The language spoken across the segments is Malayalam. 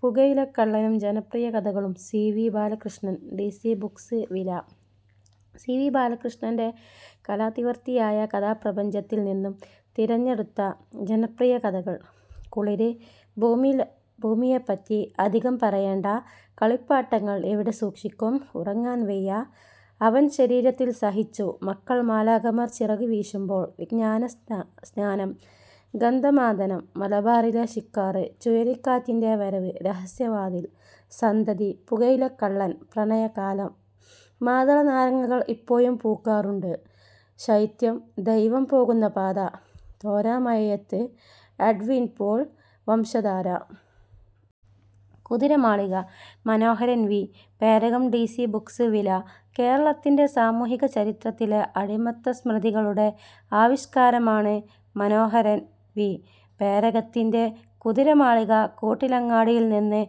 പുകയിലക്കള്ളനും ജനപ്രിയകഥകളും C. V. Balakrishnan D C Books വില: സി. വി. ബാലകൃഷ്ണന്റെ കാലാതിവർത്തിയായ കഥാപ്രപഞ്ചത്തിൽ നിന്ന് തിരഞ്ഞെടുത്ത ജനപ്രിയകഥകള്. കുളിര്, ഭൂമിയെപ്പറ്റി അധികം പറയേണ്ട, കളിപ്പാട്ടങ്ങൾ എവിടെ സൂക്ഷിക്കും, ഉറങ്ങാൻ വയ്യ, അവൻ ശരീരത്തിൽ സഹിച്ചു, മക്കൾ, മാലാഖമാർ ചിറകുവീശുമ്പോൾ, ജ്ഞാനസ്നാനം, ഗന്ധമാദനം, മലബാറിലെ ശിക്കാർ, ചുഴലിക്കാറ്റിൻ്റെ വരവ്, രഹസ്യവാതിൽ, സന്തതി, പുകയിലക്കള്ളൻ, പ്രണയകാലം, മാതളനാരകങ്ങൾ ഇപ്പോഴും പൂക്കാറുണ്ട്, ശൈത്യം, ദൈവം പോകുന്ന പാത, തോരാമഴയത്ത്, Edwin Paul, Vamsadhara. Kuthiramalika Manoharan V. Perakam D C Books വില: കേരളത്തിന്റെ സാമൂഹിക ചരിത്രത്തിലെ അടിമത്തസ്മൃതികളുടെ ആവിഷ്കാരമാണ് മനോഹരൻ വി. പേരകത്തിന്റെ 'കുതിരമാളിക'. കൂട്ടിലങ്ങാടിയിൽനിന്ന്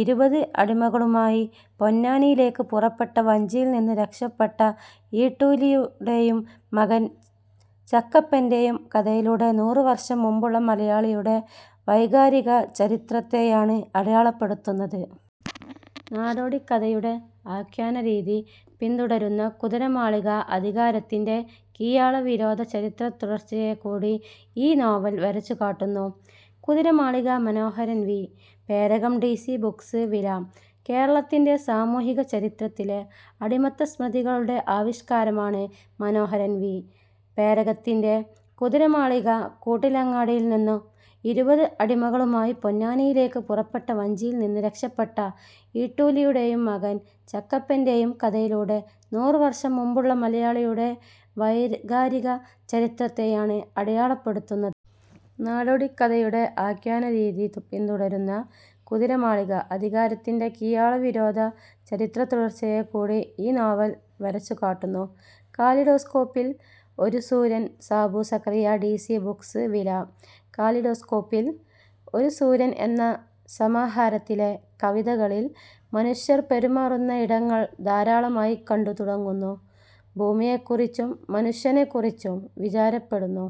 ഇരുപത് അടിമകളുമായി പൊന്നാനിയിലേക്ക് പുറപ്പെട്ട വഞ്ചിയിൽനിന്ന് രക്ഷപ്പെട്ട ഇട്ടൂലിയുടെയും മകൻ ചക്കപ്പൻ്റെയും കഥയിലൂടെ, നൂറു വർഷം മുമ്പുള്ള മലയാളിയുടെ വൈകാരിക ചരിത്രത്തെയാണ് അടയാളപ്പെടുത്തുന്നത്. നാടോടിക്കഥയുടെ ആഖ്യാനരീതി പിന്തുടരുന്ന 'കുതിരമാളിക', അധികാരത്തിന്റെ കീഴാളവിരോധ ചരിത്രത്തുടർച്ചയെക്കൂടി ഈ നോവൽ വരച്ചുകാട്ടുന്നു. Kuthiramalika Manoharan V. Perakam D C Books വില: കേരളത്തിന്റെ സാമൂഹിക ചരിത്രത്തിലെ അടിമത്തസ്മൃതികളുടെ ആവിഷ്കാരമാണ് മനോഹരൻ വി. പേരകത്തിന്റെ 'കുതിരമാളിക'. കൂട്ടിലങ്ങാടിയിൽനിന്ന് ഇരുപത് അടിമകളുമായി പൊന്നാനിയിലേക്ക് പുറപ്പെട്ട വഞ്ചിയിൽനിന്ന് രക്ഷപ്പെട്ട ഇട്ടൂലിയുടെയും മകൻ ചക്കപ്പൻ്റെയും കഥയിലൂടെ, നൂറു വർഷം മുമ്പുള്ള മലയാളിയുടെ വൈകാരിക ചരിത്രത്തെയാണ് അടയാളപ്പെടുത്തുന്നത്. നാടോടിക്കഥയുടെ ആഖ്യാനരീതി പിന്തുടരുന്ന 'കുതിരമാളിക', അധികാരത്തിന്റെ കീഴാളവിരോധ ചരിത്രത്തുടർച്ചയെക്കൂടി ഈ നോവൽ വരച്ചുകാട്ടുന്നു. കാലിഡോസ്കോപ്പിൽ ഒരു സൂര്യൻ Babu Zacharia D C Books വില: ''കാലിഡോസ്കോപ്പിൽ ഒരു സൂര്യൻ എന്ന സമാഹാരത്തിലെ കവിതകളിൽ മനുഷ്യർ പെരുമാറുന്ന ഇടങ്ങൾ ധാരാളമായി കണ്ടുതുടങ്ങുന്നു. ഭൂമിയെക്കുറിച്ചും മനുഷ്യനെക്കുറിച്ചും വിചാരപ്പെടുന്നു.